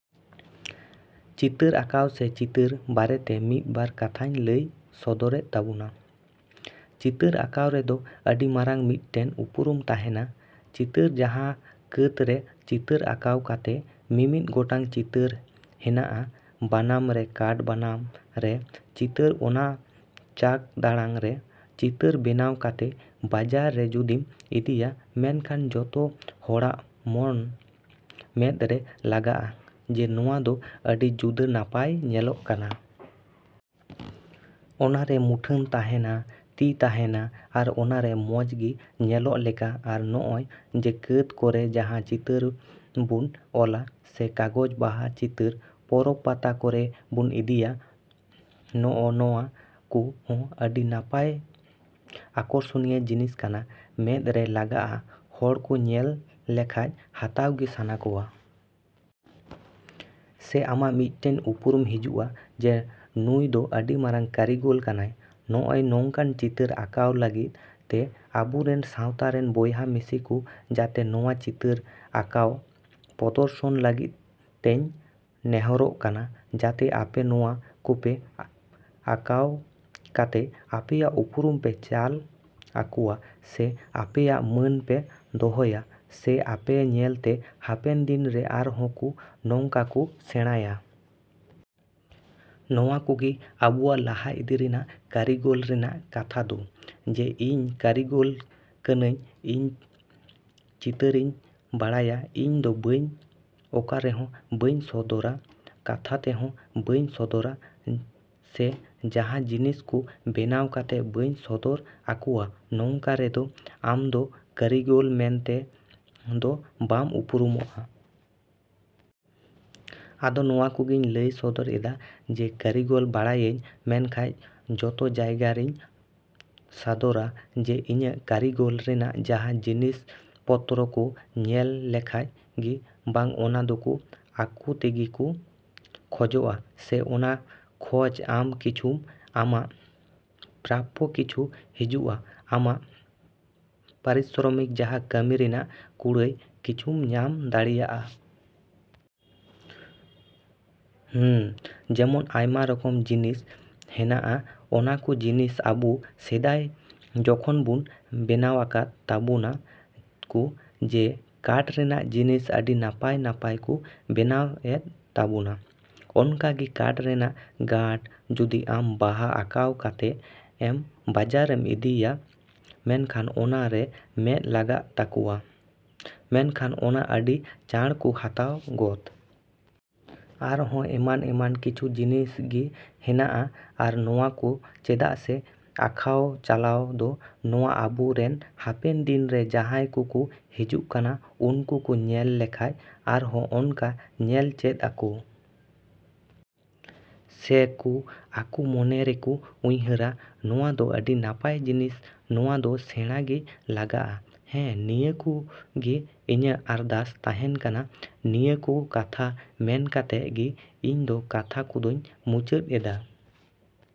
ᱪᱤᱛᱟᱹᱨ ᱟᱸᱠᱟᱣ ᱥᱮ ᱪᱤᱛᱟᱹᱨ ᱵᱟᱨᱮᱛᱮ ᱢᱤᱫ ᱵᱟᱨ ᱠᱟᱛᱷᱟᱧ ᱞᱟᱹᱭ ᱥᱚᱫᱚᱨᱮᱫ ᱛᱟᱵᱚᱱᱟ᱾ ᱪᱤᱛᱟᱹᱨ ᱟᱸᱠᱷᱟᱣ ᱨᱮᱫᱚ ᱟᱹᱰᱤ ᱢᱟᱨᱟᱝ ᱢᱤᱫᱴᱮᱱ ᱩᱯᱨᱩᱢ ᱛᱟᱦᱮᱱᱟ᱾ ᱪᱤᱛᱟᱹᱨ ᱡᱟᱸᱦᱟ ᱠᱟᱸᱛ ᱨᱮ ᱪᱤᱛᱟᱹᱨ ᱟᱸᱠᱟᱣ ᱠᱟᱛᱮ ᱢᱤᱢᱤᱫ ᱜᱚᱴᱟᱝ ᱪᱤᱛᱟᱹᱨ ᱦᱮᱱᱟᱜᱼᱟ ᱵᱟᱱᱟᱢ ᱨᱮ ᱠᱟᱴ ᱵᱟᱱᱟᱢ ᱨᱮ ᱪᱤᱛᱟᱹᱨ ᱚᱱᱟ ᱪᱟᱸᱠ ᱫᱟᱲᱟᱝ ᱨᱮ ᱪᱤᱛᱟᱹᱨ ᱵᱮᱱᱟᱣ ᱠᱟᱛᱮ ᱵᱟᱡᱟᱨ ᱨᱮ ᱡᱩᱫᱤᱢ ᱤᱫᱤᱭᱟ ᱢᱮᱱᱠᱷᱟᱱ ᱡᱚᱛᱚ ᱦᱚᱲᱟᱜ ᱢᱚᱱ ᱢᱮᱸᱫ ᱨᱮ ᱞᱟᱜᱟᱜᱼᱟ ᱡᱮ ᱱᱚᱣᱟ ᱫᱚ ᱟᱹᱰᱤ ᱡᱩᱫᱟ ᱱᱟᱯᱟᱭ ᱧᱮᱞᱚᱜ ᱠᱟᱱᱟ᱾ ᱚᱱᱟ ᱨᱮ ᱢᱩᱠᱷᱟᱹᱱ ᱛᱟᱦᱮᱱᱟ ᱛᱤ ᱛᱟᱦᱮᱱᱟ ᱟᱨ ᱚᱱᱟᱨᱮ ᱢᱚᱡᱽ ᱜᱮ ᱧᱮᱞᱚᱜ ᱞᱮᱠᱟ ᱟᱨ ᱱᱚᱜᱼᱚᱭ ᱡᱮ ᱠᱟᱸᱛ ᱠᱚᱨᱮ ᱡᱟᱦᱟᱸ ᱪᱤᱛᱟᱹᱨ ᱵᱚᱱ ᱚᱞᱟ ᱥᱮ ᱠᱟᱜᱚᱡ ᱵᱟᱦᱟ ᱪᱤᱛᱟᱹᱨ ᱯᱚᱨᱚᱵ ᱯᱟᱛᱟ ᱠᱚᱨᱮ ᱵᱚᱱ ᱤᱫᱤᱭᱟ᱾ ᱱᱚᱜᱼᱚ ᱱᱚᱣᱟ ᱠᱚ ᱦᱚᱸ ᱟᱹᱰᱤ ᱱᱟᱯᱟᱭ ᱟᱠᱚᱨᱥᱚᱱᱤᱭᱚ ᱡᱤᱱᱤᱥ ᱠᱟᱱᱟ ᱢᱮᱸᱫ ᱨᱮ ᱞᱟᱜᱟᱜᱼᱟ ᱦᱚᱲ ᱠᱚ ᱧᱮᱞ ᱞᱮᱠᱷᱟᱡ ᱦᱟᱛᱟᱣ ᱜᱮ ᱥᱟᱱᱟ ᱠᱚᱣᱟ᱾ ᱥᱮ ᱟᱢᱟᱜ ᱢᱤᱫᱴᱮᱡ ᱩᱯᱨᱩᱢ ᱦᱤᱡᱩᱜᱼᱟ ᱡᱮ ᱱᱩᱭ ᱫᱚ ᱟᱹᱰᱤ ᱢᱟᱨᱟᱝ ᱠᱟᱹᱨᱤᱜᱚᱞ ᱠᱟᱱᱟᱭ᱾ ᱱᱚᱜᱼᱚᱭ ᱱᱚᱝᱠᱟᱱ ᱪᱤᱛᱟᱹᱨ ᱟᱸᱠᱷᱟᱣ ᱞᱟᱹᱜᱤᱫ ᱛᱮ ᱟᱵᱚ ᱨᱮᱱ ᱥᱟᱶᱛᱟ ᱨᱤᱱ ᱵᱚᱭᱦᱟ ᱢᱤᱥᱤ ᱠᱚ ᱡᱟᱛᱷᱮ ᱱᱚᱣᱟ ᱪᱤᱛᱟᱹᱨ ᱟᱸᱠᱟᱣ ᱯᱚᱫᱚᱨᱥᱚᱱ ᱞᱟᱹᱜᱤᱫ ᱛᱮᱧ ᱱᱮᱦᱚᱨᱚᱜ ᱠᱟᱱᱟ ᱡᱟᱛᱷᱮ ᱟᱯᱮ ᱱᱚᱣᱟ ᱠᱚᱯᱮ ᱟᱸᱠᱷᱟᱣ ᱠᱟᱛᱮ ᱟᱯᱮᱭᱟᱜ ᱩᱯᱨᱩᱢ ᱯᱮ ᱪᱟᱞ ᱟᱠᱚᱣᱟ ᱥᱮ ᱟᱯᱮᱭᱟᱜ ᱢᱟᱹᱱ ᱯᱮ ᱫᱚᱦᱚᱭᱟ ᱥᱮ ᱟᱯᱮ ᱧᱮᱞᱛᱮ ᱦᱟᱯᱮᱱ ᱫᱤᱱ ᱨᱮ ᱟᱨᱦᱚ ᱠᱚ ᱱᱚᱝᱠᱟ ᱠᱚ ᱥᱮᱬᱟᱭᱟ᱾ ᱱᱚᱣᱟ ᱠᱚᱜᱮ ᱟᱵᱚᱣᱟᱜ ᱞᱟᱦᱟ ᱤᱫᱤ ᱨᱮᱱᱟᱜ ᱠᱟᱹᱨᱤᱜᱚᱞ ᱨᱮᱱᱟᱜ ᱠᱟᱛᱷᱟ ᱫᱚ᱾ ᱡᱮ ᱤᱧ ᱠᱟᱹᱨᱤᱜᱚᱞ ᱠᱟᱹᱱᱟᱹᱧ ᱤᱧ ᱪᱤᱛᱟᱹᱨᱤᱧ ᱵᱟᱲᱟᱭᱟ ᱤᱧᱫᱚ ᱵᱟᱹᱧ ᱚᱠᱟ ᱨᱮᱦᱚᱸ ᱵᱟᱹᱧ ᱥᱚᱫᱚᱨᱟ ᱠᱟᱛᱷᱟ ᱛᱮᱦᱚᱸ ᱵᱟᱹᱧ ᱥᱚᱫᱚᱨᱟ ᱥᱮ ᱡᱟᱦᱟᱸ ᱡᱤᱱᱤᱥ ᱠᱚ ᱵᱮᱱᱟᱣ ᱠᱟᱛᱮ ᱵᱟᱹᱧ ᱥᱚᱫᱚᱨ ᱟᱠᱚᱣᱟ ᱱᱚᱝᱠᱟ ᱨᱮᱫᱚ ᱟᱢᱫᱚ ᱠᱟᱹᱨᱤᱜᱚᱞ ᱢᱮᱱᱛᱮ ᱫᱚ ᱵᱟᱢ ᱩᱯᱨᱩᱢᱚᱜᱼᱟ᱾ ᱟᱫᱚ ᱱᱚᱣᱟ ᱠᱚᱜᱤᱧ ᱞᱟᱹᱭ ᱥᱚᱫᱚᱨ ᱮᱫᱟ ᱡᱮ ᱠᱟᱹᱨᱤᱜᱚᱞ ᱵᱟᱲᱟᱭᱟᱹᱧ ᱢᱮᱱᱠᱷᱟᱡ ᱡᱚᱛᱚ ᱡᱟᱭᱜᱟ ᱨᱤᱧ ᱥᱟᱫᱚᱜᱼᱟ ᱡᱮ ᱤᱧᱟᱹᱜ ᱠᱟᱹᱨᱤᱜᱚᱞ ᱨᱮᱱᱟᱜ ᱡᱟᱦᱟᱸ ᱡᱤᱱᱤᱥ ᱯᱚᱛᱨᱚ ᱠᱚ ᱧᱮᱞ ᱞᱮᱠᱷᱟᱡ ᱜᱮ ᱵᱟᱝ ᱚᱱᱟ ᱫᱚᱠᱚ ᱟᱠᱚ ᱛᱮᱜᱮ ᱠᱚ ᱠᱷᱚᱡᱚᱜᱼᱟ ᱥᱮ ᱚᱱᱟ ᱠᱷᱚᱡ ᱟᱢ ᱠᱤᱪᱷᱩᱢ ᱟᱢᱟᱜ ᱯᱨᱟᱯᱯᱚ ᱠᱤᱪᱷᱩ ᱦᱤᱡᱩᱜᱼᱟ ᱟᱢᱟᱜ ᱯᱟᱨᱤᱥᱨᱚᱢᱤᱠ ᱡᱟᱦᱟᱸ ᱠᱟᱹᱢᱤ ᱨᱮᱱᱟᱜ ᱠᱩᱲᱟᱹᱭ ᱠᱤᱪᱷᱩᱢ ᱧᱟᱢ ᱫᱟᱲᱮᱭᱟᱜᱼᱟ᱾ ᱦᱩᱸ ᱡᱮᱢᱚᱱ ᱟᱭᱢᱟ ᱨᱚᱠᱚᱢ ᱡᱤᱱᱤᱥ ᱦᱮᱱᱟᱜᱼᱟ ᱚᱱᱟ ᱠᱚ ᱡᱤᱱᱤᱥ ᱟᱵᱚ ᱥᱮᱫᱟᱭ ᱡᱚᱠᱷᱚᱱ ᱵᱚᱱ ᱵᱮᱱᱟᱣᱟᱠᱟᱫ ᱛᱟᱵᱚᱱᱟ ᱠᱚ ᱡᱮ ᱠᱟᱴ ᱨᱮᱱᱟᱜ ᱡᱤᱱᱤᱥ ᱟᱹᱰᱤ ᱱᱟᱯᱟᱭ ᱱᱟᱯᱟᱭ ᱠᱚ ᱵᱮᱱᱟᱣ ᱮᱫ ᱛᱟᱵᱚᱱᱟ᱾ ᱚᱱᱠᱟ ᱜᱮ ᱠᱟᱴ ᱨᱮᱱᱟᱜ ᱜᱟᱸᱰᱚ ᱡᱩᱫᱤ ᱟᱢ ᱵᱟᱦᱟ ᱟᱸᱠᱷᱟᱣ ᱠᱟᱛᱮ ᱮᱢ ᱵᱟᱡᱟᱨᱮᱢ ᱤᱫᱤᱭᱟ ᱢᱮᱱᱠᱷᱟᱱ ᱚᱱᱟ ᱨᱮ ᱢᱮᱸᱫ ᱞᱟᱜᱟᱜ ᱛᱟᱠᱚᱣᱟ ᱢᱮᱱᱠᱷᱟᱱ ᱚᱱᱟ ᱟᱹᱰᱤ ᱪᱟᱬ ᱠᱚ ᱦᱟᱛᱟᱣ ᱜᱚᱫ᱾ ᱟᱨᱦᱚ ᱮᱢᱟᱱ ᱮᱢᱟᱱ ᱠᱤᱪᱷᱩ ᱡᱤᱱᱤᱥ ᱜᱮ ᱦᱮᱱᱟᱜᱼᱟ ᱟᱨ ᱱᱚᱣᱟ ᱠᱚ ᱪᱮᱫᱟᱜ ᱥᱮ ᱟᱸᱠᱷᱟᱣ ᱪᱟᱞᱟᱣ ᱫᱚ ᱱᱚᱣᱟ ᱟᱵᱚ ᱨᱮᱱ ᱦᱟᱯᱮᱱ ᱫᱤᱱ ᱨᱮ ᱡᱟᱦᱟᱭ ᱠᱚᱠᱚ ᱦᱤᱡᱩᱜ ᱠᱟᱱᱟ ᱩᱱᱠᱩ ᱠᱚ ᱧᱮᱞ ᱞᱮᱠᱷᱟᱡ ᱟᱨᱦᱚ ᱚᱱᱠᱟ ᱧᱮᱞ ᱪᱮᱫ ᱟᱠᱚ᱾ ᱥᱮ ᱠᱚ ᱟᱠᱚ ᱢᱚᱱᱮ ᱨᱮᱠᱚ ᱩᱭᱦᱟᱹᱨᱟ ᱱᱚᱣᱟ ᱫᱚ ᱟᱹᱰᱤ ᱱᱟᱯᱟᱭ ᱡᱤᱱᱤᱥ ᱱᱚᱣᱟ ᱫᱚ ᱥᱮᱬᱟ ᱜᱮ ᱞᱟᱜᱟᱜᱼᱟ᱾ ᱦᱮᱸ ᱱᱤᱭᱟᱹ ᱠᱚ ᱜᱮ ᱤᱧᱟᱹᱜ ᱟᱨᱫᱟᱥ ᱛᱟᱦᱮᱱ ᱠᱟᱱᱟ ᱱᱤᱭᱟᱹ ᱠᱚ ᱠᱟᱛᱷᱟ ᱢᱮᱱ ᱠᱟᱛᱮ ᱜᱮ ᱤᱧ ᱫᱚ ᱠᱟᱛᱷᱟ ᱠᱚᱫᱚᱧ ᱢᱩᱪᱟᱹᱫ ᱮᱫᱟ᱾